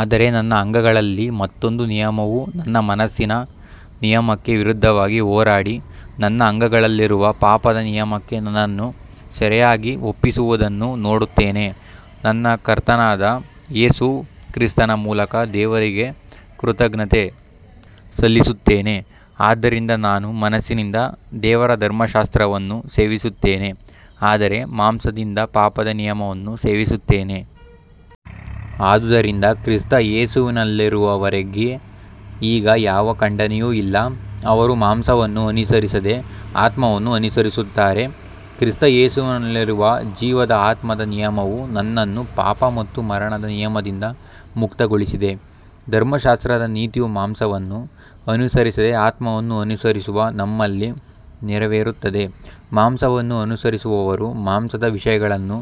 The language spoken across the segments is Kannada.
ಆದರೆ ನನ್ನ ಅಂಗಗಳಲ್ಲಿ ಮತ್ತೊಂದು ನಿಯಮವು ನನ್ನ ಮನಸ್ಸಿನ ನಿಯಮಕ್ಕೆ ವಿರುದ್ಧವಾಗಿ ಹೋರಾಡಿ, ನನ್ನ ಅಂಗಗಳಲ್ಲಿರುವ ಪಾಪದ ನಿಯಮಕ್ಕೆ ನನ್ನನ್ನು ಸೆರೆಯಾಗಿ ಒಪ್ಪಿಸುವುದನ್ನು ನೋಡುತ್ತೇನೆ. ನಮ್ಮ ಕರ್ತನಾದ ಯೇಸು ಕ್ರಿಸ್ತನ ಮೂಲಕ ದೇವರಿಗೆ ಕೃತಜ್ಞತೆ ಸಲ್ಲಿಸುತ್ತೇನೆ. ಆದ್ದರಿಂದ ನಾನು ಮನಸ್ಸಿನಿಂದ ದೇವರ ಧರ್ಮಶಾಸ್ತ್ರವನ್ನು ಸೇವಿಸುತ್ತೇನೆ, ಆದರೆ ಮಾಂಸದಿಂದ ಪಾಪದ ನಿಯಮವನ್ನು ಸೇವಿಸುತ್ತೇನೆ. ಆದುದರಿಂದ ಕ್ರಿಸ್ತ ಯೇಸುವಿನಲ್ಲಿರುವವರಿಗೆ ಈಗ ಯಾವ ಖಂಡನೆಯೂ ಇಲ್ಲ, ಅವರು ಮಾಂಸವನ್ನು ಅನುಸರಿಸದೆ ಆತ್ಮವನ್ನು ಅನುಸರಿಸುತ್ತಾರೆ. ಕ್ರಿಸ್ತ ಯೇಸುವಿನಲ್ಲಿರುವ ಜೀವದ ಆತ್ಮದ ನಿಯಮವು ನನ್ನನ್ನು ಪಾಪ ಮತ್ತು ಮರಣದ ನಿಯಮದಿಂದ ಮುಕ್ತಗೊಳಿಸಿದೆ. ಧರ್ಮಶಾಸ್ತ್ರದ ನೀತಿಯು ಮಾಂಸವನ್ನು ಅನುಸರಿಸದೆ ಆತ್ಮವನ್ನು ಅನುಸರಿಸುವ ನಮ್ಮಲ್ಲಿ ನೆರವೇರುತ್ತದೆ. ಮಾಂಸವನ್ನು ಅನುಸರಿಸುವವರು ಮಾಂಸದ ವಿಷಯಗಳನ್ನು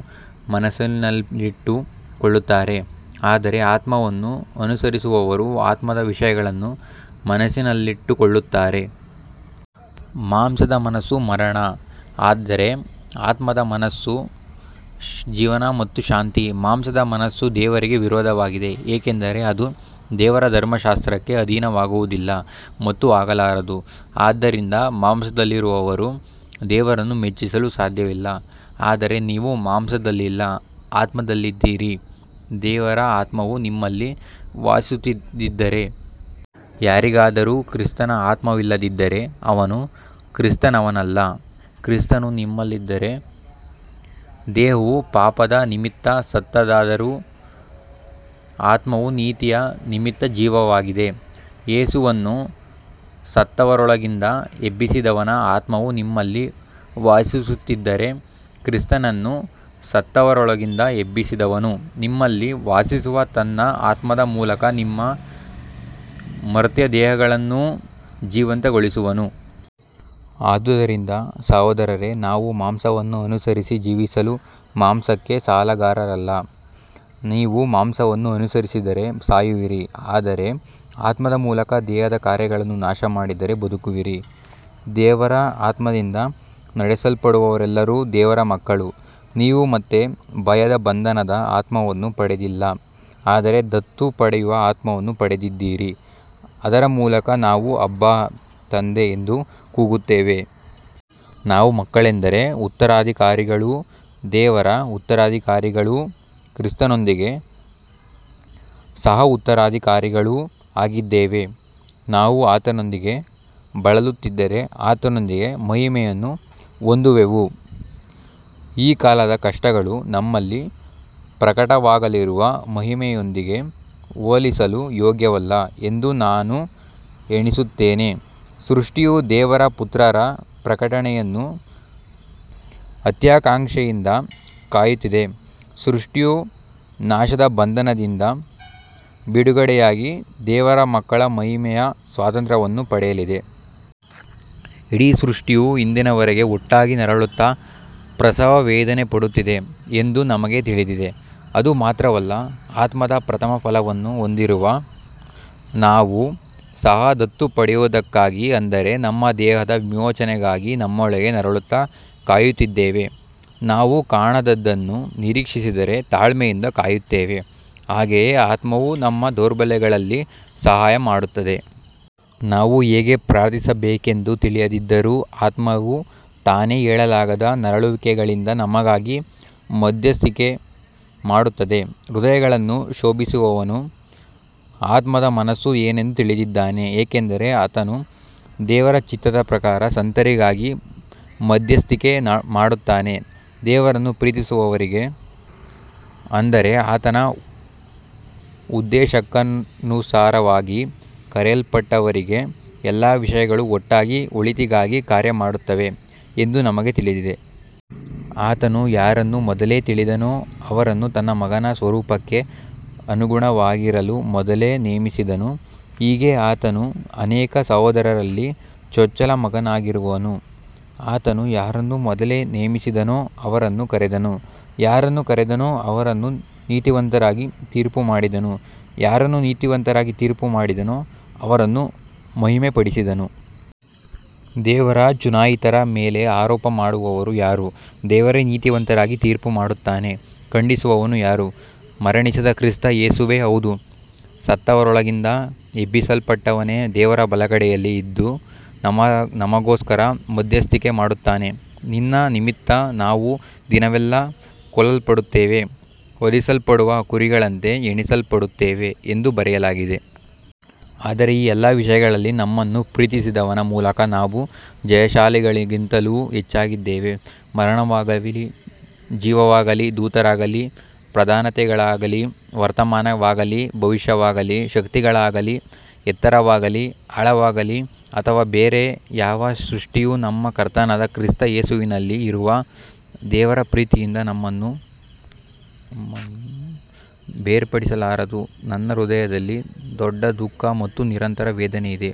ಮನಸ್ಸಿನಲ್ಲಿಟ್ಟುಕೊಳ್ಳುತ್ತಾರೆ, ಆದರೆ ಆತ್ಮವನ್ನು ಅನುಸರಿಸುವವರು ಆತ್ಮದ ವಿಷಯಗಳನ್ನು ಮನಸ್ಸಿನಲ್ಲಿಟ್ಟುಕೊಳ್ಳುತ್ತಾರೆ. ಮಾಂಸದ ಮನಸ್ಸು ಮರಣ, ಆದರೆ ಆತ್ಮದ ಮನಸ್ಸು ಜೀವನ ಮತ್ತು ಶಾಂತಿ. ಮಾಂಸದ ಮನಸ್ಸು ದೇವರಿಗೆ ವಿರೋಧವಾಗಿದೆ, ಏಕೆಂದರೆ ಅದು ದೇವರ ಧರ್ಮಶಾಸ್ತ್ರಕ್ಕೆ ಅಧೀನವಾಗುವುದಿಲ್ಲ ಮತ್ತು ಆಗಲಾರದು. ಆದ್ದರಿಂದ ಮಾಂಸದಲ್ಲಿರುವವರು ದೇವರನ್ನು ಮೆಚ್ಚಿಸಲು ಸಾಧ್ಯವಿಲ್ಲ. ಆದರೆ ನೀವು ಮಾಂಸದಲ್ಲಿಲ್ಲ, ಆತ್ಮದಲ್ಲಿದ್ದೀರಿ, ದೇವರ ಆತ್ಮವು ನಿಮ್ಮಲ್ಲಿ ವಾಸಿಸುತ್ತಿದ್ದರೆ. ಯಾರಿಗಾದರೂ ಕ್ರಿಸ್ತನ ಆತ್ಮವಿಲ್ಲದಿದ್ದರೆ ಅವನು ಕ್ರಿಸ್ತನವನಲ್ಲ. ಕ್ರಿಸ್ತನು ನಿಮ್ಮಲ್ಲಿದ್ದರೆ ದೇಹವು ಪಾಪದ ನಿಮಿತ್ತ ಸತ್ತದ್ದಾದರೂ ಆತ್ಮವು ನೀತಿಯ ನಿಮಿತ್ತ ಜೀವವಾಗಿದೆ. ಯೇಸುವನ್ನು ಸತ್ತವರೊಳಗಿಂದ ಎಬ್ಬಿಸಿದವನ ಆತ್ಮವು ನಿಮ್ಮಲ್ಲಿ ವಾಸಿಸುತ್ತಿದ್ದರೆ, ಕ್ರಿಸ್ತನನ್ನು ಸತ್ತವರೊಳಗಿಂದ ಎಬ್ಬಿಸಿದವನು ನಿಮ್ಮಲ್ಲಿ ವಾಸಿಸುವ ತನ್ನ ಆತ್ಮದ ಮೂಲಕ ನಿಮ್ಮ ಮರ್ತ್ಯ ದೇಹಗಳನ್ನೂ ಜೀವಂತಗೊಳಿಸುವನು. ಆದುದರಿಂದ ಸಹೋದರರೇ, ನಾವು ಮಾಂಸವನ್ನು ಅನುಸರಿಸಿ ಜೀವಿಸಲು ಮಾಂಸಕ್ಕೆ ಸಾಲಗಾರರಲ್ಲ. ನೀವು ಮಾಂಸವನ್ನು ಅನುಸರಿಸಿದರೆ ಸಾಯುವಿರಿ, ಆದರೆ ಆತ್ಮದ ಮೂಲಕ ದೇಹದ ಕಾರ್ಯಗಳನ್ನು ನಾಶಮಾಡಿದರೆ ಬದುಕುವಿರಿ. ದೇವರ ಆತ್ಮದಿಂದ ನಡೆಸಲ್ಪಡುವವರೆಲ್ಲರೂ ದೇವರ ಮಕ್ಕಳು. ನೀವು ಮತ್ತೆ ಭಯದ ಬಂಧನದ ಆತ್ಮವನ್ನು ಪಡೆದಿಲ್ಲ, ಆದರೆ ದತ್ತು ಪಡೆಯುವ ಆತ್ಮವನ್ನು ಪಡೆದಿದ್ದೀರಿ, ಅದರ ಮೂಲಕ ನಾವು ಅಬ್ಬಾ, ತಂದೆ ಎಂದು ಕೂಗುತ್ತೇವೆ. ನಾವು ಮಕ್ಕಳೆಂದರೆ ಉತ್ತರಾಧಿಕಾರಿಗಳೂ ದೇವರ ಉತ್ತರಾಧಿಕಾರಿಗಳೂ ಕ್ರಿಸ್ತನೊಂದಿಗೆ ಸಹಉತ್ತರಾಧಿಕಾರಿಗಳೂ ಆಗಿದ್ದೇವೆ. ನಾವು ಆತನೊಂದಿಗೆ ಬಳಲುತ್ತಿದ್ದರೆ ಆತನೊಂದಿಗೆ ಮಹಿಮೆಯನ್ನು ಹೊಂದುವೆವು. ಈ ಕಾಲದ ಕಷ್ಟಗಳು ನಮ್ಮಲ್ಲಿ ಪ್ರಕಟವಾಗಲಿರುವ ಮಹಿಮೆಯೊಂದಿಗೆ ಹೋಲಿಸಲು ಯೋಗ್ಯವಲ್ಲ ಎಂದು ನಾನು ಎಣಿಸುತ್ತೇನೆ. ಸೃಷ್ಟಿಯು ದೇವರ ಪುತ್ರರ ಪ್ರಕಟಣೆಯನ್ನು ಅತ್ಯಾಕಾಂಕ್ಷೆಯಿಂದ ಕಾಯುತ್ತಿದೆ. ಸೃಷ್ಟಿಯೂ ನಾಶದ ಬಂಧನದಿಂದ ಬಿಡುಗಡೆಯಾಗಿ ದೇವರ ಮಕ್ಕಳ ಮಹಿಮೆಯ ಸ್ವಾತಂತ್ರ್ಯವನ್ನು ಪಡೆಯಲಿದೆ. ಇಡೀ ಸೃಷ್ಟಿಯು ಇಂದಿನವರೆಗೆ ಒಟ್ಟಾಗಿ ನರಳುತ್ತಾ ಪ್ರಸವವೇದನೆಪಡುತ್ತಿದೆ ಎಂದು ನಮಗೆ ತಿಳಿದಿದೆ. ಅದು ಮಾತ್ರವಲ್ಲ, ಆತ್ಮದ ಪ್ರಥಮಫಲವನ್ನು ಹೊಂದಿರುವ ನಾವೂ ಸಹ ದತ್ತು ಪಡೆಯುವುದಕ್ಕಾಗಿ, ಅಂದರೆ ನಮ್ಮ ದೇಹದ ವಿಮೋಚನೆಗಾಗಿ, ನಮ್ಮೊಳಗೆ ನರಳುತ್ತಾ ಕಾಯುತ್ತಿದ್ದೇವೆ. ನಾವು ಕಾಣದದ್ದನ್ನು ನಿರೀಕ್ಷಿಸಿದರೆ ತಾಳ್ಮೆಯಿಂದ ಕಾಯುತ್ತೇವೆ. ಹಾಗೆಯೇ ಆತ್ಮವು ನಮ್ಮ ದೌರ್ಬಲ್ಯಗಳಲ್ಲಿ ಸಹಾಯಮಾಡುತ್ತದೆ. ನಾವು ಹೇಗೆ ಪ್ರಾರ್ಥಿಸಬೇಕೆಂದು ತಿಳಿಯದಿದ್ದರೂ ಆತ್ಮವು ತಾನೇ ಹೇಳಲಾಗದ ನರಳುವಿಕೆಗಳಿಂದ ನಮಗಾಗಿ ಮಧ್ಯಸ್ಥಿಕೆ ಮಾಡುತ್ತದೆ. ಹೃದಯಗಳನ್ನು ಶೋಧಿಸುವವನು ಆತ್ಮದ ಮನಸ್ಸು ಏನೆಂದು ತಿಳಿದಿದ್ದಾನೆ, ಏಕೆಂದರೆ ಆತನು ದೇವರ ಚಿತ್ತದ ಪ್ರಕಾರ ಸಂತರಿಗಾಗಿ ಮಧ್ಯಸ್ಥಿಕೆ ಮಾಡುತ್ತಾನೆ. ದೇವರನ್ನು ಪ್ರೀತಿಸುವವರಿಗೆ, ಅಂದರೆ ಆತನ ಉದ್ದೇಶಕ್ಕನುಸಾರವಾಗಿ ಕರೆಯಲ್ಪಟ್ಟವರಿಗೆ, ಎಲ್ಲಾ ವಿಷಯಗಳು ಒಟ್ಟಾಗಿ ಒಳಿತಿಗಾಗಿ ಕಾರ್ಯಮಾಡುತ್ತವೆ ಎಂದು ನಮಗೆ ತಿಳಿದಿದೆ. ಆತನು ಯಾರನ್ನು ಮೊದಲೇ ತಿಳಿದನೋ ಅವರನ್ನು ತನ್ನ ಮಗನ ಸ್ವರೂಪಕ್ಕೆ ಅನುಗುಣವಾಗಿರಲು ಮೊದಲೇ ನೇಮಿಸಿದನು, ಹೀಗೆ ಆತನು ಅನೇಕ ಸಹೋದರರಲ್ಲಿ ಚೊಚ್ಚಲ ಮಗನಾಗಿರುವನು. ಆತನು ಯಾರನ್ನು ಮೊದಲೇ ನೇಮಿಸಿದನೋ ಅವರನ್ನು ಕರೆದನು, ಯಾರನ್ನು ಕರೆದನೋ ಅವರನ್ನು ನೀತಿವಂತರಾಗಿ ತೀರ್ಪುಮಾಡಿದನು, ಯಾರನ್ನು ನೀತಿವಂತರಾಗಿ ತೀರ್ಪುಮಾಡಿದನೋ ಅವರನ್ನು ಮಹಿಮೆಪಡಿಸಿದನು. ದೇವರ ಚುನಾಯಿತರ ಮೇಲೆ ಆರೋಪ ಮಾಡುವವರು ಯಾರು. ದೇವರೇ ನೀತಿವಂತರಾಗಿ ತೀರ್ಪುಮಾಡುತ್ತಾನೆ. ಖಂಡಿಸುವವನು ಯಾರು. ಮರಣಿಸಿದ ಕ್ರಿಸ್ತ ಯೇಸುವೇ, ಹೌದು, ಸತ್ತವರೊಳಗಿಂದ ಎಬ್ಬಿಸಲ್ಪಟ್ಟವನೇ ದೇವರ ಬಲಗಡೆಯಲ್ಲಿ ಇದ್ದು ನಮಗೋಸ್ಕರ ಮಧ್ಯಸ್ಥಿಕೆ ಮಾಡುತ್ತಾನೆ. ನಿನ್ನ ನಿಮಿತ್ತ ನಾವು ದಿನವೆಲ್ಲಾ ಕೊಲ್ಲಲ್ಪಡುತ್ತೇವೆ, ವಧಿಸಲ್ಪಡುವ ಕುರಿಗಳಂತೆ ಎಣಿಸಲ್ಪಡುತ್ತೇವೆ ಎಂದು ಬರೆಯಲಾಗಿದೆ. ಆದರೆ ಈ ಎಲ್ಲ ವಿಷಯಗಳಲ್ಲಿ ನಮ್ಮನ್ನು ಪ್ರೀತಿಸಿದವನ ಮೂಲಕ ನಾವು ಜಯಶಾಲಿಗಳಿಗಿಂತಲೂ ಹೆಚ್ಚಾಗಿದ್ದೇವೆ. ಮರಣವಾಗಲಿ, ಜೀವವಾಗಲಿ, ದೂತರಾಗಲಿ, ಪ್ರಧಾನತೆಗಳಾಗಲಿ, ವರ್ತಮಾನವಾಗಲಿ, ಭವಿಷ್ಯವಾಗಲಿ, ಶಕ್ತಿಗಳಾಗಲಿ, ಎತ್ತರವಾಗಲಿ, ಆಳವಾಗಲಿ ಅಥವಾ ಬೇರೆ ಯಾವ ಸೃಷ್ಟಿಯೂ ನಮ್ಮ ಕರ್ತನಾದ ಕ್ರಿಸ್ತ ಯೇಸುವಿನಲ್ಲಿ ಇರುವ ದೇವರ ಪ್ರೀತಿಯಿಂದ ನಮ್ಮನ್ನು ಬೇರ್ಪಡಿಸಲಾರದು. ನನ್ನ ಹೃದಯದಲ್ಲಿ ದೊಡ್ಡ ದುಃಖ ಮತ್ತು ನಿರಂತರ ವೇದನೆಯಿದೆ.